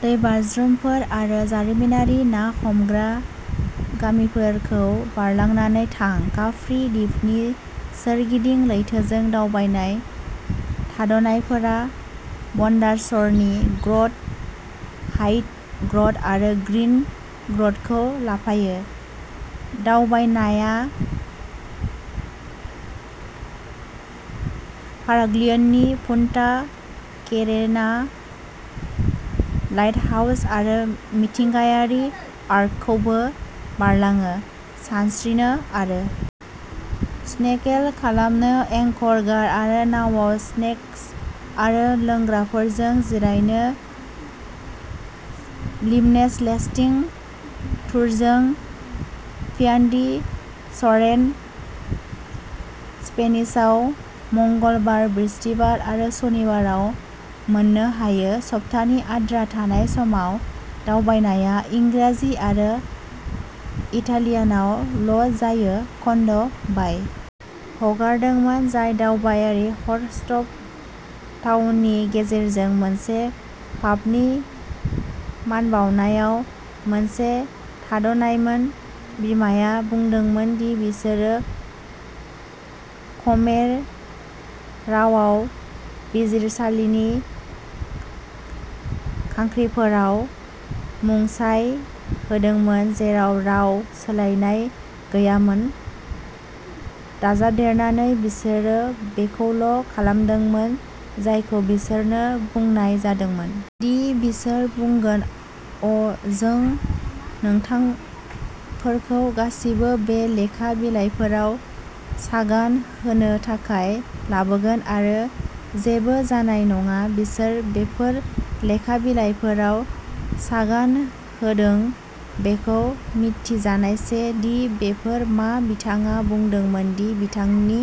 दैबाज्रुमफोर आरो जारिमिनारि ना हमग्रा गामिफोरखौ बारलांनानै थां काप्रि दिपनि सोरगिदिं लैथोजों दावबाय थाद'नायफोरा व'न्डार्सनि ग्रट व्हाइट ग्रट आरो ग्रीन ग्रटखौ लाफायो दावबायनाया फाराग्लियनि पुन्टा केरेना लाइटहाउस आरो मिथिंगायारि आर्कखौबो बारलाङो सानस्रिनो आरो स्नेर्केल खालामनो एंकर गार आरो नावाव स्नेक्स आरो लोंग्राफोरजों जिरायनो लिमनसेलटेस्टिं टुरजों पियानदि सरेन्ट स्पेनिशआव मंगलबार बृहस्पतिबार आरो सनिबाराव मोननो हायो सप्तानि आद्रा थानाय समाव दावबायनाया इंराजि आरो इटालियानआव ल' जायो कड बाइ हगारदोंमोन जाय दावबायारि हरस्टप टाउननि गेजेरजों मोनसे पाबनि मानबायनायाव मोनसे थाद'नायमोन बिमाया बुंदोंमोन दि बिसोरो खमेर रावाव बिजिरसालिनि खाख्रिफोराव मुंसाइ होदोंमोन जेराव राव सोलायनाय गैयामोन दाजाबदेरनानै बिसोरो बेखौल' खालामदोंमोन जायखौ बिसोरनो बुंनाय जादोंमोन दि बिसोर बुंगोन अ जों नोंथांफोरखौ गासिबो बे लेखा बिलाइफोराव सागान होनो थाखाय लाबोगोन आरो जेबो जानाय नङा बिसोर बेफोर लेखा बिलाइफोराव सागान होदों बेखौ मिथिजानायसे दि बेफोर मा बिथाङा बुंदोंमोन दि बिथांनि